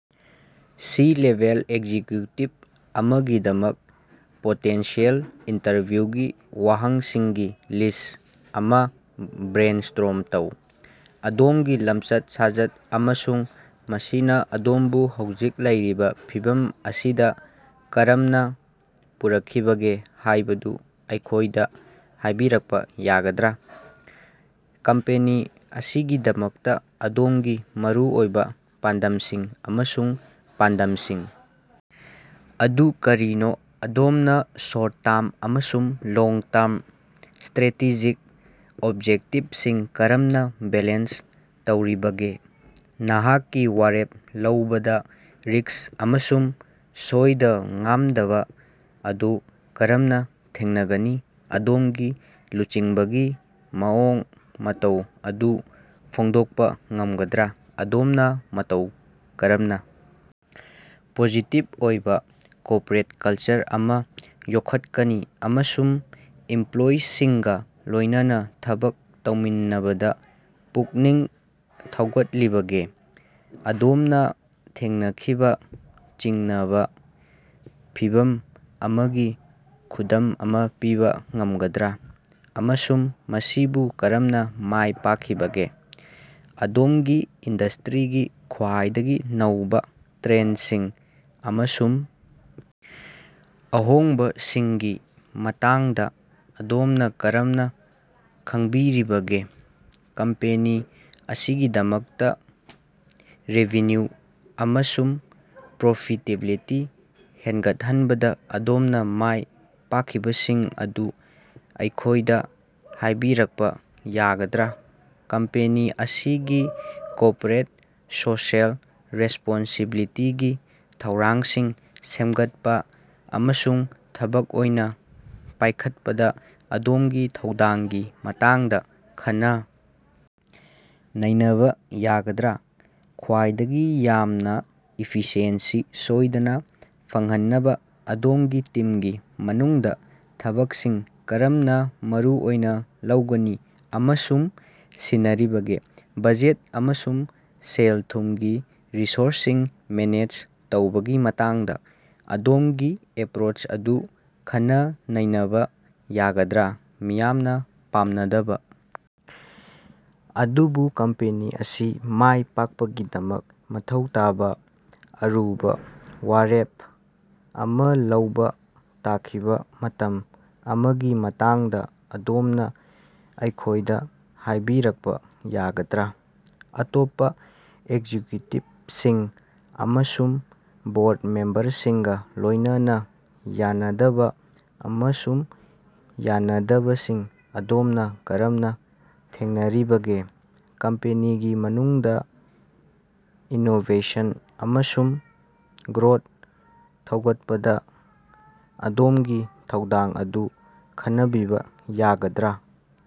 C-level executive ꯑꯃꯒꯤꯗꯃꯛ potential ꯏꯟꯇꯔꯚꯤꯌꯨꯒꯤ ꯋꯥꯍꯪꯁꯤꯡꯒꯤ ꯂꯤꯁ ꯑꯃ ꯕꯔꯦꯟꯁꯇꯣꯔꯝ ꯇꯧ꯫ ꯑꯗꯣꯝꯒꯤ ꯂꯝꯆꯠ ꯁꯥꯖꯠ ꯑꯃꯁꯨꯡ ꯃꯁꯤꯅ ꯑꯗꯣꯝꯕꯨ ꯍꯧꯖꯤꯛ ꯂꯩꯔꯤꯕ ꯐꯤꯚꯝ ꯑꯁꯤꯗ ꯀꯔꯝꯅ ꯄꯨꯔꯛꯈꯤꯕꯒꯦ ꯍꯥꯏꯕꯗꯨ ꯑꯩꯈꯣꯏꯗ ꯍꯥꯏꯕꯤꯔꯛꯄ ꯌꯥꯒꯗ꯭ꯔꯥ꯫ ꯀꯝꯄꯦꯅꯤ ꯑꯁꯤꯒꯤꯗꯃꯛꯇ ꯑꯗꯣꯝꯒꯤ ꯃꯔꯨꯑꯣꯏꯕ ꯄꯥꯟꯗꯝꯁꯤꯡ ꯑꯃꯁꯨꯡ ꯄꯥꯟꯗꯝꯁꯤꯡ ꯑꯗꯨ ꯀꯔꯤꯅꯣ ꯑꯗꯣꯝꯅ ꯁꯣꯔꯠ ꯇꯔꯝ ꯑꯃꯁꯨꯡ ꯂꯣꯡ ꯇꯔꯝ ꯁꯇꯔꯦꯇꯦꯖꯤꯛ ꯑꯣꯕꯖꯦꯛꯇꯤꯕꯁꯤꯡ ꯀꯔꯝꯅ ꯕꯦꯂꯦꯟꯁ ꯇꯧꯔꯤꯕꯒꯦ꯫ ꯅꯍꯥꯛꯀꯤ ꯋꯥꯔꯦꯞ ꯂꯧꯕꯗ ꯔꯤꯁꯛ ꯑꯃꯁꯨꯡ ꯁꯣꯏꯗ ꯉꯥꯝꯗꯕ ꯑꯗꯨ ꯀꯔꯝꯅ ꯊꯦꯡꯅꯒꯅꯤ ꯑꯗꯣꯝꯒꯤ ꯂꯨꯆꯤꯡꯕꯒꯤ ꯃꯑꯣꯡ ꯃꯇꯧ ꯑꯗꯨ ꯐꯣꯡꯗꯣꯛꯄ ꯉꯝꯒꯗ꯭ꯔꯥ ꯑꯗꯣꯝꯅ ꯃꯇꯧ ꯀꯔꯝꯅ ꯄꯣꯖꯤꯇꯤꯞ ꯑꯣꯏꯕ ꯀꯣꯔꯄꯣꯔꯦꯠ ꯀꯜꯆꯔ ꯑꯃ ꯌꯣꯛꯈꯠꯀꯅꯤ ꯑꯃꯁꯨꯡ ꯏꯝꯄꯂꯣꯌꯤꯁꯤꯡꯒ ꯂꯣꯏꯅꯅ ꯊꯕꯛ ꯇꯧꯃꯤꯟꯅꯕꯗ ꯄꯨꯛꯅꯤꯡ ꯊꯧꯒꯠꯂꯤꯕꯒꯦ꯫ ꯑꯗꯣꯝꯅ ꯊꯦꯡꯅꯈꯤꯕ ꯆꯤꯡꯅꯕ ꯐꯤꯚꯝ ꯑꯃꯒꯤ ꯈꯨꯗꯝ ꯑꯃ ꯄꯤꯕ ꯉꯝꯒꯗ꯭ꯔꯥ ꯑꯃꯁꯨꯡ ꯃꯁꯤꯕꯨ ꯀꯔꯝꯅ ꯃꯥꯏ ꯄꯥꯛꯈꯤꯕꯒꯦ꯫ ꯑꯗꯣꯝꯒꯤ ꯏꯟꯗꯁꯇꯔꯤꯒꯤ ꯈ꯭ꯋꯥꯏꯗꯒꯤ ꯅꯧꯕ ꯇꯔꯦꯟꯁꯤꯡ ꯑꯃꯁꯨꯡ ꯑꯍꯣꯡꯕꯁꯤꯡꯒꯤ ꯃꯇꯥꯡꯗ ꯑꯗꯣꯝꯅ ꯀꯔꯝꯅ ꯈꯪꯕꯤꯔꯤꯕꯒꯦ꯫ ꯀꯝꯄꯦꯅꯤ ꯑꯁꯤꯒꯤꯗꯃꯛꯇꯥ ꯔꯦꯚꯤꯟꯌꯨ ꯑꯃꯁꯨꯡ ꯄꯔꯣꯐꯤꯇꯦꯕꯤꯂꯤꯇꯤ ꯍꯦꯟꯒꯠꯍꯟꯕꯗ ꯑꯗꯣꯝꯅ ꯃꯥꯏ ꯄꯥꯛꯈꯤꯕꯁꯤꯡ ꯑꯗꯨ ꯑꯩꯈꯣꯏꯗ ꯍꯥꯏꯕꯤꯔꯛꯄ ꯌꯥꯒꯗ꯭ꯔꯥ꯫ ꯀꯝꯄꯦꯅꯤ ꯑꯁꯤꯒꯤ ꯀꯣꯔꯄꯣꯔꯦꯠ ꯁꯣꯁꯤꯑꯦꯜ ꯔꯦꯁꯄꯣꯟꯁꯤꯕꯤꯂꯤꯇꯤꯒꯤ ꯊꯧꯔꯥꯡꯁꯤꯡ ꯁꯦꯝꯒꯠꯄ ꯑꯃꯁꯨꯡ ꯊꯕꯛ ꯑꯣꯏꯅ ꯄꯥꯏꯈꯠꯄꯗ ꯑꯗꯣꯝꯒꯤ ꯊꯧꯗꯥꯡꯒꯤ ꯃꯇꯥꯡꯗ ꯈꯟꯅ ꯅꯩꯅꯕ ꯌꯥꯒꯗ꯭ꯔꯥ꯫ ꯈ꯭ꯋꯥꯏꯗꯒꯤ ꯌꯥꯝꯅ ꯏꯐꯤꯁꯤꯑꯦꯟꯁꯤ ꯁꯣꯏꯗꯅ ꯐꯪꯍꯟꯅꯕ ꯑꯗꯣꯝꯒꯤ ꯇꯤꯝꯒꯤ ꯃꯅꯨꯡꯗ ꯊꯕꯛꯁꯤꯡ ꯀꯔꯝꯅ ꯃꯔꯨ ꯑꯣꯏꯅ ꯂꯧꯒꯅꯤ ꯑꯃꯁꯨꯡ ꯁꯤꯟꯅꯔꯤꯕꯒꯦ ꯕꯖꯦꯠ ꯑꯃꯁꯨꯡ ꯁꯦꯜ ꯊꯨꯝꯒꯤ ꯔꯤꯁꯣꯔꯁꯁꯤꯡ ꯃꯦꯅꯦꯖ ꯇꯧꯕꯒꯤ ꯃꯇꯥꯡꯗ ꯑꯗꯣꯝꯒꯤ ꯑꯦꯞꯔꯣꯁ ꯑꯗꯨ ꯈꯟꯅ ꯅꯩꯅꯕ ꯌꯥꯒꯗ꯭ꯔꯥ꯫ ꯃꯤꯌꯥꯝꯅ ꯄꯥꯝꯅꯗꯕ ꯑꯗꯨꯕꯨ ꯀꯝꯄꯦꯅꯤ ꯑꯁꯤ ꯃꯥꯏ ꯄꯥꯛꯄꯒꯤꯗꯃꯛ ꯃꯊꯧ ꯇꯥꯕ ꯑꯔꯨꯕ ꯋꯥꯔꯦꯞ ꯑꯃ ꯂꯧꯕ ꯇꯥꯈꯤꯕ ꯃꯇꯝ ꯑꯃꯒꯤ ꯃꯇꯥꯡꯗ ꯑꯗꯣꯝꯅ ꯑꯩꯈꯣꯏꯗ ꯍꯥꯏꯕꯤꯔꯛꯄ ꯌꯥꯒꯗ꯭ꯔꯥ꯫ ꯑꯇꯣꯞꯄꯥ ꯑꯦꯛꯖꯤꯛꯌꯨꯇꯤꯞꯁꯤꯡ ꯑꯃꯁꯨꯡ ꯕꯣꯔꯠ ꯃꯦꯝꯕꯔꯁꯤꯡꯒ ꯂꯣꯏꯅꯅ ꯌꯥꯅꯗꯕ ꯑꯃꯁꯨꯡ ꯌꯥꯅꯗꯕꯁꯤꯡ ꯑꯗꯣꯝꯅ ꯀꯔꯝꯅ ꯊꯦꯡꯅꯔꯤꯕꯒꯦ꯫ ꯀꯝꯄꯦꯅꯤꯒꯤ ꯃꯅꯨꯡꯗꯥ ꯏꯅꯣꯕꯦꯁꯟ ꯑꯃꯁꯨꯡ ꯒꯔꯣꯠ ꯊꯧꯒꯠꯄꯗ ꯑꯗꯣꯝꯒꯤ ꯊꯧꯗꯥꯡ ꯑꯗꯨ ꯈꯟꯅꯕꯤꯕ ꯌꯥꯒꯗ꯭ꯔꯥ꯫